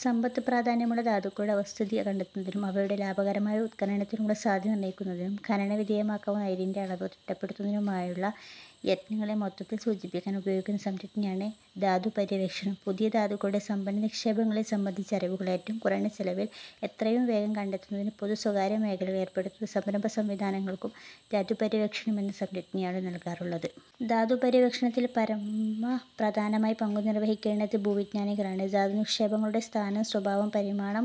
സമ്പദ്പ്രാധാന്യമുള്ള ധാതുക്കളുടെ അവസ്ഥിതി കണ്ടെത്തുന്നതിനും, അവയുടെ ലാഭകരമായ ഉത്ഖനനത്തിനുള്ള സാധ്യത നിർണയിക്കുന്നതിനും, ഖനന വിധേയമാക്കാവുന്ന അയിരിന്റെ അളവ് തിട്ടപ്പെടുത്തുന്നതിനുമുള്ള യത്നങ്ങളെ മൊത്തത്തിൽ സൂചിപ്പിക്കാൻ ഉപയോഗിക്കുന്ന സംജ്ഞയാണു് ധാതുപര്യവേക്ഷണം. പുതിയ ധാതുക്കളുടെ സമ്പന്ന നിക്ഷേപങ്ങളെ സംബന്ധിച്ച അറിവുകൾ ഏറ്റവും കുറഞ്ഞ ചെലവിൽ എത്രയും വേഗം കണ്ടെത്തുന്നതിന് പൊതു-സ്വകാര്യ മേഖലകൾ ഏർപ്പെടുത്തുന്ന സംരംഭ-സംവിധാനങ്ങൾക്കും ധാതുപര്യവേക്ഷണം എന്ന സംജ്ഞയാണു നല്കാറുള്ളത്. ധാതുപര്യവേക്ഷണത്തിൽ പരമപ്രധാനമായ പങ്കു നിർവഹിക്കേണ്ടത് ഭൂവിജ്ഞാനികളാണ്. ധാതുനിക്ഷേപങ്ങളുടെ സ്ഥാനം, സ്വഭാവം, പരിമാണം,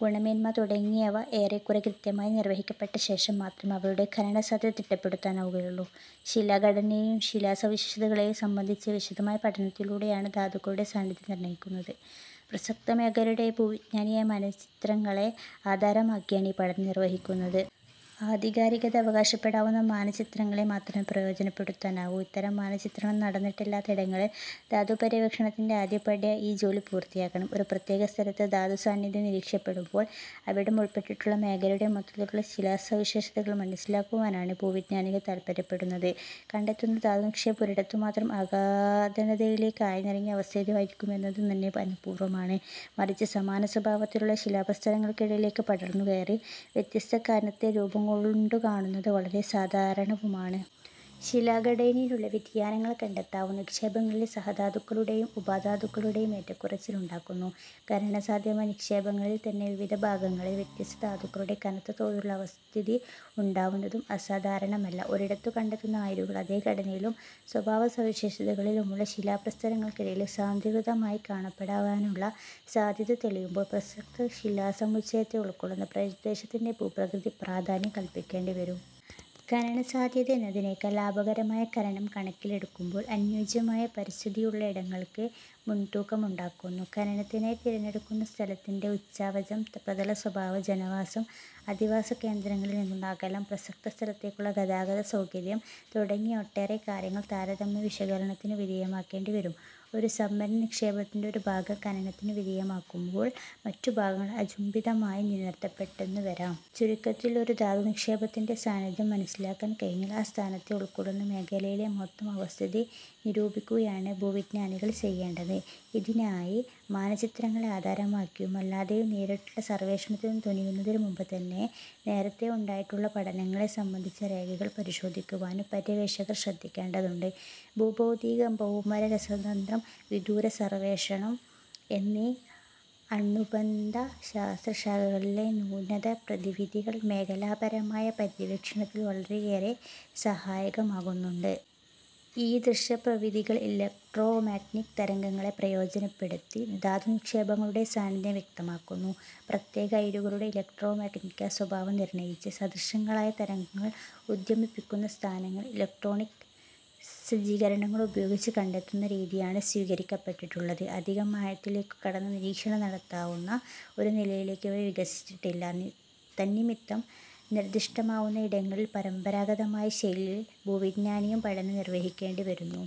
ഗുണമേന്മ തുടങ്ങിയവ ഏറെക്കുറെ കൃത്യമായി നിർവഹിക്കപ്പെട്ടശേഷം മാത്രമേ അവയുടെ ഖനന സാധ്യത തിട്ടപ്പെടുത്താനാവുകയുള്ളൂ. ശിലാഘടനയെയും ശിലാസവിശേഷതകളെയും സംബന്ധിച്ച വിശദമായ പഠനത്തിലൂടെയാണ് ധാതുക്കളുടെ സാന്നിധ്യം നിർണയിക്കുന്നത്. പ്രസക്തമേഖലയുടെ ഭൂവിജ്ഞാനീയ മാനചിത്രങ്ങളെ ആധാരമാക്കിയാണ് ഈ പഠനം നിർവഹിക്കുന്നത്. ആധികാരികത അവകാശപ്പെടാവുന്ന മാനചിത്രങ്ങളെ മാത്രമേ പ്രയോജനപ്പെടുത്താനാവൂ; ഇത്തരം മാനചിത്രണം നടന്നിട്ടില്ലാത്ത ഇടങ്ങളിൽ ധാതുപര്യവേക്ഷണത്തിന്റെ ആദ്യപടിയായി ഈ ജോലി പൂർത്തിയാക്കണം. ഒരു പ്രത്യേക സ്ഥലത്ത് ധാതുസാന്നിധ്യം നിരീക്ഷിക്കപ്പെടുമ്പോൾ അവിടം ഉൾപ്പെട്ടിട്ടുള്ള മേഖലയുടെ മൊത്തത്തിലുള്ള ശിലാസവിശേഷതകൾ മനസ്സിലാക്കുവാനാണ് ഭൂവിജ്ഞാനികൾ താത്പര്യപ്പെടുന്നത്. കണ്ടെത്തുന്ന ധാതുനിക്ഷേപം ഒരിടത്തുമാത്രം അഗാധതലത്തിലേക്ക് ആഴ്ന്നിറങ്ങി അവസ്ഥിതമായിരിക്കുന്നത് നന്നേ അപൂർവമാണ്; മറിച്ച് സമാന സ്വഭാവത്തിലുള്ള ശിലാപ്രസ്തരങ്ങൾക്കിടയിലേക്കു പടർന്നുകയറി, വ്യത്യസ്ത കനത്തിൽ രൂപം കൊണ്ടുകാണുന്നത് വളരെ സാധാരണവുമാണ്. ശിലാഘടനയിലുള്ള വ്യതിയാനങ്ങൾ കണ്ടെത്താവുന്ന നിക്ഷേപങ്ങളിലെ സഹധാതുക്കളുടെയും ഉപധാതുക്കളുടെയും ഏറ്റക്കുറച്ചിൽ ഉണ്ടാക്കുന്നു. ഖനനസാധ്യമായ നിക്ഷേപങ്ങളിൽത്തന്നെ വിവിധ ഭാഗങ്ങളിൽ വ്യത്യസ്ത ധാതുക്കളുടെ കനത്ത തോതിലുള്ള അവസ്ഥിതി ഉണ്ടാവുന്നതും അസാധാരണമല്ല. ഒരിടത്ത് കണ്ടെത്തുന്ന അയിരുകൾ അതേ ഘടനയിലും സ്വഭാവസവിശേഷതകളിലുമുള്ള ശിലാപ്രസ്തരങ്ങൾക്കടിയിലും സാന്ദ്രീകൃതമായി കാണപ്പെടുവാനുള്ള സാധ്യത തെളിയുമ്പോൾ പ്രസക്ത ശിലാസമുച്ചയത്തെ ഉൾക്കൊള്ളുന്ന പ്രദേശത്തിന്റെ ഭൂപ്രകൃതിക്ക് പ്രാധാന്യം കല്പിക്കേണ്ടിവരും. ഖനനസാധ്യത എന്നതിനെക്കാൾ, ലാഭകരമായ ഖനനം കണക്കിലെടുക്കുമ്പോൾ അനുയോജ്യമായ പരിസ്ഥിതിയുള്ളയിടങ്ങൾക്ക് മുൻതൂക്കമുണ്ടാകുന്നു. ഖനനത്തിനായി തിരഞ്ഞെടുക്കുന്ന സ്ഥലത്തിന്റെ ഉച്ചാവചം, പ്രതല സ്വഭാവം, ജനവാസം, അധിവാസകേന്ദ്രങ്ങളിൽനിന്നുള്ള അകലം, പ്രസക്തസ്ഥലത്തേക്കുള്ള ഗതാഗത സൌകര്യം തുടങ്ങി ഒട്ടേറെ കാര്യങ്ങൾ താരതമ്യ വിശകലനത്തിനു വിധേയമാക്കേണ്ടിവരും. ഒരു സമ്പന്ന നിക്ഷേപത്തിന്റെ ഒരു ഭാഗം ഖനനത്തിനു വിധേയമാകുമ്പോൾ മറ്റു ഭാഗങ്ങൾ അചുംബിതമായി നിലനിർത്തപ്പെട്ടെന്നും വരാം. ചുരുക്കത്തിൽ ഒരു ധാതുനിക്ഷേപത്തിന്റെ സാന്നിധ്യം മനസ്സിലാക്കാൻ കഴിഞ്ഞാൽ ആ സ്ഥാനത്തെ ഉൾക്കൊള്ളുന്ന മേഖലയിലെ മൊത്തം അവസ്ഥിതി നിരൂപിക്കുകയാണ് ഭൂവിജ്ഞാനികൾ ചെയ്യേണ്ടത്. ഇതിനായി, മാനചിത്രങ്ങളെ ആധാരമാക്കിയും അല്ലാതെയും നേരിട്ടുള്ള സർവേഷണത്തിനു തുനിയുന്നതിനുമുമ്പുതന്നെ, നേരത്തേയുണ്ടായിട്ടുള്ള പഠനങ്ങളെ സംബന്ധിച്ച രേഖകൾ പരിശോധിക്കുവാനും പര്യവേക്ഷകർ ശ്രദ്ധിക്കേണ്ടതുണ്ട്. ഭൂഭൗതികം, ഭൗമരസതന്ത്രം, വിദൂര സർവേഷണം എന്നീ അനുബന്ധ ശാസ്ത്രശാഖകളിലെ നൂതന പ്രവിധികൾ മേഖലാപരമായ പര്യവേക്ഷണത്തിൽ വളരെയേറെ സഹായകമാകുന്നുണ്ട്. ഈദൃശ പ്രവിധികൾ ഇലക്ട്രോമാഗ്നറ്റിക് തരംഗങ്ങളെ പ്രയോജനപ്പെടുത്തി, ധാതുനിക്ഷേപങ്ങളുടെ സാന്നിധ്യം വ്യക്തമാക്കുന്നു. പ്രത്യേക അയിരുകളുടെ ഇലക്ട്രോമാഗ്നറ്റിക സ്വഭാവം നിർണയിച്ച്, സദൃശങ്ങളായ തരംഗങ്ങൾ ഉദ്വമിപ്പിക്കുന്ന സ്ഥാനങ്ങൾ ഇലക്ട്രോണിക സജ്ജീകരണങ്ങളുപയോഗിച്ചു കണ്ടെത്തുന്ന രീതിയാണ് സ്വീകരിക്കപ്പെട്ടിട്ടുള്ളത്. അധികം ആഴത്തിലേക്കു കടന്ന് നിരീക്ഷണം നടത്താവുന്ന ഒരു നിലയിലേക്ക് ഇവ വികസിച്ചിട്ടില്ല. തന്നിമിത്തം നിർദിഷ്ടമാവുന്നയിടങ്ങളിൽ പരമ്പരാഗതമായ ശൈലിയിൽ ഭൂവിജ്ഞാനീയ പഠനം നിർവഹിക്കേണ്ടിവരുന്നു.